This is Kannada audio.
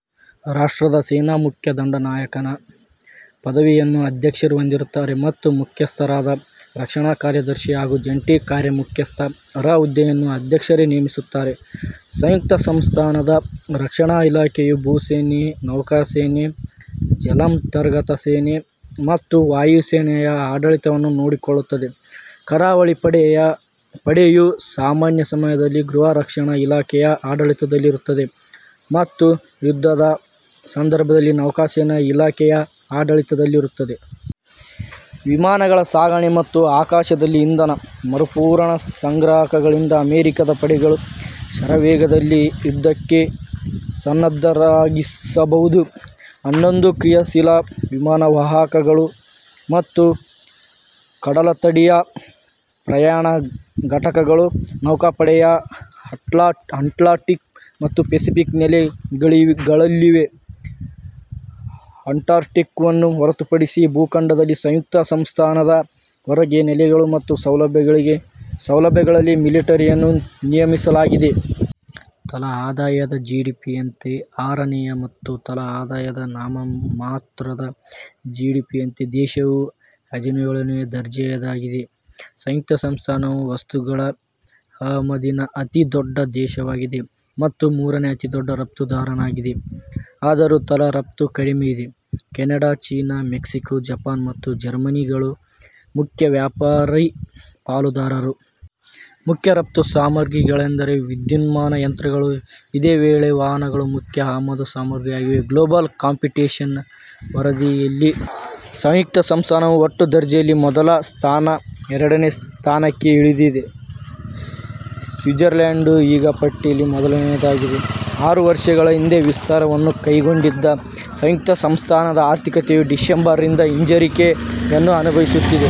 ರಾಷ್ಟ್ರದ ಸೇನಾ ಮುಖ್ಯ ದಂಡನಾಯಕನ ಪದವಿಯನ್ನು ಅಧ್ಯಕ್ಷರು ಹೊಂದಿರುತ್ತಾರೆ ಮತ್ತು ಮುಖ್ಯಸ್ಥರಾದ ರಕ್ಷಣಾ ಕಾರ್ಯದರ್ಶಿ ಹಾಗೂ ಜಂಟಿ ಕಾರ್ಯಮುಖ್ಯಸ್ಥ ರ ಹುದ್ದೆಯನ್ನು ಅಧ್ಯಕ್ಷರೇ ನೇಮಿಸುತ್ತಾರೆ. ಸಂಯುಕ್ತ ಸಂಸ್ಥಾನದ ರಕ್ಷಣಾ ಇಲಾಖೆ ಯು ಭೂಸೇನೆ, ನೌಕಾಸೇನೆ, ಜಲಾಂತರ್ಗತ ಸೇನೆ ಮತ್ತು ವಾಯುಸೇನೆಯ ಆಡಳಿತವನ್ನು ನೋಡಿಕೊಳ್ಳುತ್ತದೆ. ಕರಾವಳಿ ಪಡೆ ಯು ಸಾಮಾನ್ಯ ಸಮಯದಲ್ಲಿ ಗೃಹರಕ್ಷಣಾ ಇಲಾಖೆ ಯ ಆಡಳಿತದಲ್ಲಿರುತ್ತದೆ ಮತ್ತು ಯುದ್ಧದ ಸಂದರ್ಭದಲ್ಲಿ ನೌಕಾಸೇನಾ ಇಲಾಖೆ ಯ ಆಡಳಿತದಲ್ಲಿರುತ್ತದೆ. ವಿಮಾನಗಳ ಸಾಗಣೆ ಮತ್ತು ಆಕಾಶದಲ್ಲಿ ಇಂಧನ ಮರುಪೂರಣಾ ಸಂಗ್ರಾಹಕಗಳಿಂದ ಅಮೆರಿಕದ ಪಡೆಗಳು ಶರವೇಗದಲ್ಲಿ ಯುದ್ಧಕ್ಕೆ ಸನ್ನದ್ಧರನ್ನಾಗಿಸಬಹುದು. ಹನ್ನೊಂದು ಕ್ರಿಯಾಶೀಲ ವಿಮಾನ ವಾಹಕಗಳು ಮತ್ತು ಕಡಲತಡಿಯ ಪ್ರಯಾಣ ಘಟಕ ಗಳು ನೌಕಾಪಡೆಯ ಅಟ್ಲಾಂಟಿಕ್ ಮತ್ತು ಪೆಸಿಫಿಕ್ ನೆಲೆ ಗಳಲ್ಲಿವೆ. ಅಂಟಾರ್ಕ್ಟಿಕಾವನ್ನು ಹೊರತುಪಡಿಸಿ ಭೂಖಂಡದಲ್ಲಿ ಸಂಯುಕ್ತ ಸಂಸ್ಥಾನದ ಹೊರಗೆ, ನೆಲೆಗಳು ಮತ್ತು ಸೌಲಭ್ಯಗಳಲ್ಲಿ ಮಿಲಿಟರಿಯನ್ನು ನಿಯಮಿಸಲಾಗಿದೆ. ತಲಾ ಆದಾಯದ ಜಿಡಿಪಿ ಯಂತೆ ಆರನೇಯ ಮತ್ತು ತಲಾ ಆದಾಯದ ನಾಮಮಾತ್ರದ ಜಿಡಿಪಿ ಯಂತೆ ದೇಶವು ಹದಿನೇಳನೇ ದರ್ಜೆಯದಾಗಿದೆ. ಸಂಯುಕ್ತ ಸಂಸ್ಥಾನವು ವಸ್ತುಗಳ ಆಮದಿನ ಅತೀ ದೊಡ್ಡ ದೇಶವಾಗಿದೆ. ಮತ್ತು ಮೂರನೇ ಅತೀದೊಡ್ಡ ರಫ್ತುದಾರನಾಗಿದೆ. ಆದರೂ ತಲಾ ರಫ್ತು ಕಡಿಮೆಯಿದೆ. ಕೆನಡಾ, ಚೀನಾ, ಮೆಕ್ಸಿಕೋ, ಜಪಾನ್ ಮತ್ತು ಜರ್ಮನಿಗಳು ಮುಖ್ಯ ವ್ಯಾಪಾರಿ ಪಾಲುದಾರರು. ಮುಖ್ಯ ರಫ್ತು ಸಾಮಗ್ರಿಗಳೆಂದರೆ ವಿದ್ಯುನ್ಮಾನ ಯಂತ್ರಗಳು. ಇದೇ ವೇಳೆ ವಾಹನಗಳು ಮುಖ್ಯ ಆಮದು ಸಾಮಗ್ರಿಯಾಗಿವೆ. ಗ್ಲೋಬಲ್ ಕಾಂಪಿಟಿಟಿವ್ನೆಸ್ ವರದಿ ಯಲ್ಲಿ ಸಂಯುಕ್ತ ಸಂಸ್ಥಾನವು ಒಟ್ಟು ದರ್ಜೆಯಲ್ಲಿ ಮೊದಲ ಸ್ಥಾನದಿಂದ ಎರಡನೇ ಸ್ಥಾನಕ್ಕೆ ಇಳಿದಿದೆ. ಸ್ವಿಝರ್ಲ್ಯಾಂಡ್ ಈಗ ಪಟ್ಟಿಯಲ್ಲಿ ಮೊದಲನೆಯದಾಗಿದೆ. ಆರು ವರ್ಷಗಳ ಹಿಂದೆ ವಿಸ್ತಾರವನ್ನು ಕೈಗೊಂಡಿದ್ದ ಸಂಯುಕ್ತ ಸಂಸ್ಥಾನದ ಆರ್ಥಿಕತೆಯು ಡಿಸೆಂಬರ್ ರಿಂದ ಹಿಂಜರಿಕೆ ಯನ್ನು ಅನುಭವಿಸುತ್ತಿದೆ.